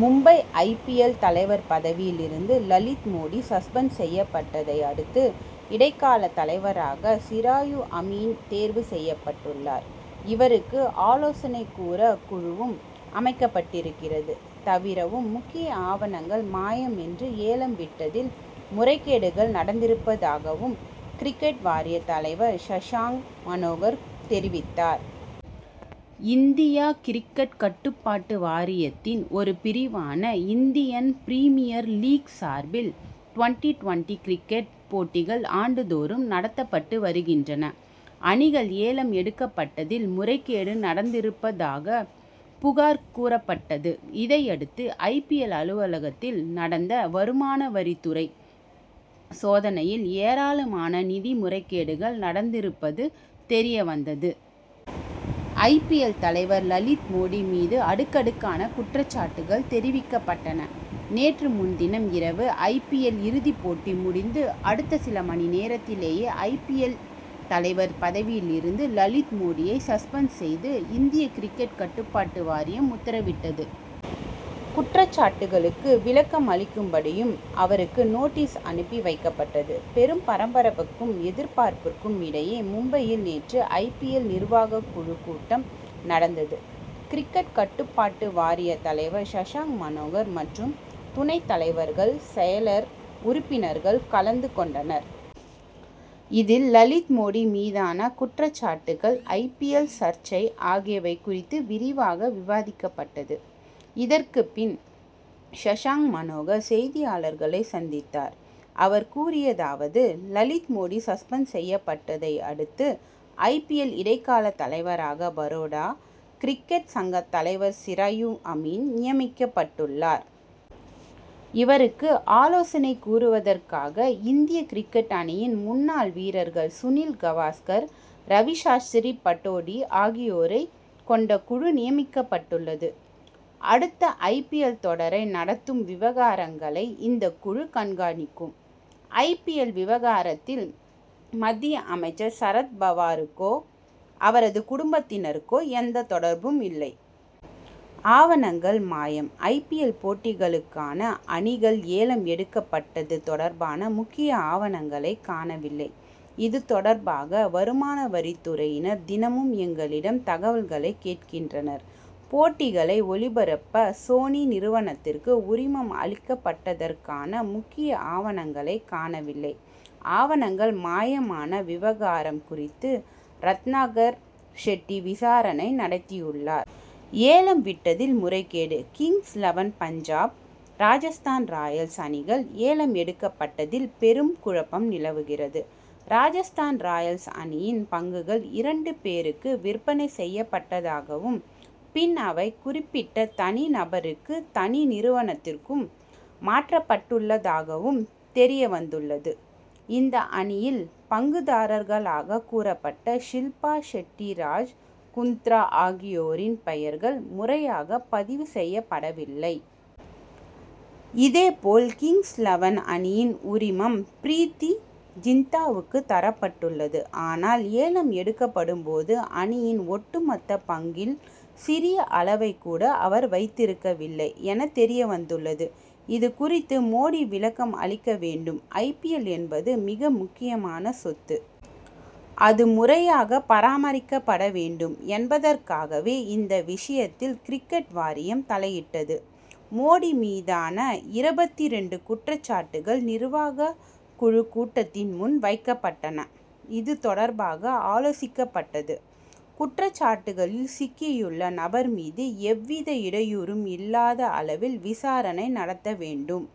Mumbai I. P. L. தலைவர் பதவியில் இருந்து லலித் மோடி சஸ்பெண்ட் செய்யப்பட்டதை அடுத்து இடைக்கால தலைவராக சிரயு அமீன் தேர்வு செய்யப்பட்டுள்ளார். இவருக்கு ஆலோசனை கூற குழுவும் அமைக்கப்பட்டிருக்கிறது. தவிரவும் முக்கிய ஆவணங்கள் மாயம் என்றும் ஏலம் விட்டதில் முறைகேடுகள் நடந்திருப்பதாகவும் கிரிக்கெட் வாரியத் தலைவர் சஷாங் மனோகர் தெரிவித்தார். இந்திய கிரிக்கெட் கட்டுப்பாட்டு வாரியத்தின் ஒரு பிரிவான இந்தியன் பிரிமியர் லீக் சார்பில் டுவென்டி-டுவென்டி கிரிக்கெட் போட்டிகள் ஆண்டு தோறும் நடத்தப்பட்டு வருகின்றன. அணிகள் ஏலம் எடுக்கப்பட்டதில் முறைகேடு நடந்திருப்பதாக புகார் கூறப்பட்டது. இதையடுத்து ஐ. பி. எல். அலுவலகத்தில் நடந்த வருமானவரித் துறை சோதனையில் ஏராளமான நிதி முறைகேடுகள் நடந்திருப்பது தெரியவந்தது. ஐ. பி. எல். தலைவர் லலித் மோடி மீது அடுக்கடுக்கான குற்றச்சாட்டுகள் தெரிவிக்கப்பட்டன. நேற்று முன்தினம் இரவு ஐ. பி. எல். இறுதிப் போட்டி முடிந்த அடுத்த சில மணி நேரத்திலேயே ஐ. பி. எல். தலைவர் பதவியில் இருந்து லலித் மோடியை சஸ்பெண்ட் செய்து இந்திய கிரிக்கெட் கட்டுப்பாட்டு வாரியம் உத்தரவிட்டது. குற்றச்சாட்டுகளுக்கு விளக்கம் அளிக்கும்படியும் அவருக்கு நோட்டீஸ் அனுப்பி வைக்கப்பட்டது. பெரும் பரபரப்புக்கும் எதிர்பார்ப்புக்கும் இடையே மும்பையில் நேற்று ஐ. பி. எல். நிர்வாகக் குழு கூட்டம் நடந்தது. கிரிக்கெட் கட்டுப்பாட்டு வாரிய தலைவர் சஷாங் மனோகர் மற்றும் துணைத் தலைவர்கள் செயலர் உறுப்பினர்கள் கலந்து கொண்டனர். இதில் லலித் மோடி மீதான குற்றச்சாட்டுகள் ஐ. பி. எல். சர்ச்சை ஆகியவை குறித்து விரிவாக விவாதிக்கப்பட்டது. இதற்கு பின் சஷாங் மனோகர் செய்தியாளர்களை சந்தித்தார். அவர் கூறியதாவது. லலித் மோடி சஸ்பெண்ட் செய்யப்பட்டதை அடுத்து ஐ. பி. எல். இடைக்கால தலைவராக பரோடா கிரிக்கெட் சங்க தலைவர் சிரயு அமீன் நியமிக்கப்பட்டுள்ளார். இவருக்கு ஆலோசனை கூறுவதற்காக இந்திய கிரிக்கெட் அணியின் முன்னாள் வீரர்கள் சுனில் கவாஸ்கர் ரவி சாஸ்திரி பட்டோடி ஆகியோரைக் கொண்ட குழு நியமிக்கப்பட்டுள்ளது. அடுத்த ஐ. பி. எல். தொடரை நடத் தும் விவகாரங்களை இந்த குழு கண்காணிக்கும். ஐ. பி. எல். விவகாரத்தில் மத்திய அமைச்சர் சரத் பவாருக்கோ அவரது குடும்பத்தினருக்கோ எந்த தொடர்பும் இல்லை. ஆவணங்கள் மாயம். ஐ. பி. எல். போட்டிகளுக்கான அணிகள் ஏலம் எடுக்கப்பட்டது தொடர்பான முக்கிய ஆவணங்களை காணவில்லை. இது தொடர்பாக வருமானவரித் துறையினர் தினமும் எங்களிடம் தகவல்கள் கேட்கின்றனர். போட்டிகளை ஒளிபரப்ப சோனி நிறுவனத்துக்கு உரிமம் அளிக்கப்பட்டதற்கான முக்கிய ஆவணங்களை காணவில்லை. ஆவணங்கள் மாயமான விவகாரம் குறித்து ரத்னாகர் ஷெட்டி விசாரணை நடத்தவுள்ளார். ஏலம் விட்டதில் முறைகேடு. Kings Eleven Punjab Rajasthan Royals அணிகள் ஏலம் எடுக்கப்பட்டதில் பெரும் குழப்பம் நிலவுகிறது. ராஜஸ்தான் ராயல்ஸ் அணியின் பங்குகள் இரண்டு பேருக்கு விற்பனை செய்யப்பட்டதாகவும் பின் அவை குறிப்பிட்ட தனி நபருக்கும் தனி நிறுவனத்துக்கும் மாற்றப்பட்டுள்ளதாகவும் தெரியவந்துள்ளது. இந்த அணியின் பங்குதாரர்களாக கூறப்படும் ஷில்பா ஷெட்டி ராஜ் குந்த்ரா ஆகியோரின் பெயர்கள் முறையாக பதிவு செய்யப்படவில்லை. இதேபோல் கிங்ஸ் லெவன் அணியின் உரிமம் ப்ரீத்தி ஜிந்தாவுக்கு தரப்பட்டுள்ளது. ஆனால் ஏலம் கொடுக்கப்பட்டபோது அணியின் ஒட்டுமொத்த பங்குகளில் சிறிய அளவைக் கூட அவர் வைத்திருக்கவில்லை என தெரியவந்துள்ளது. இதுகுறித்து மோடி விளக்கம் அளிக்க வேண்டும். ஐ. பி. எல். என்பது மிக முக்கியமான சொத்து. அது முறையாக பராமரிக்கப்பட வேண்டும் என்பதற்காகவே இந்த விஷயத்தில் கிரிக்கெட் வாரியம் தலையிட்டது. மோடி மீதான இருபத்திரண்டு குற்றச்சாட்டுகள் நிர்வாகக் குழு கூட்டத்தில் முன் வைக்கப் பட்டன. இது தொடர்பாக ஆலோசிக்கப்பட்டது. குற்றச்சாட்டுகளில் சிக்கியுள்ள நபர் மீது எந்தவித இடையூறும் இல்லாத அளவில் விசாரணை நடத்த வேண்டும்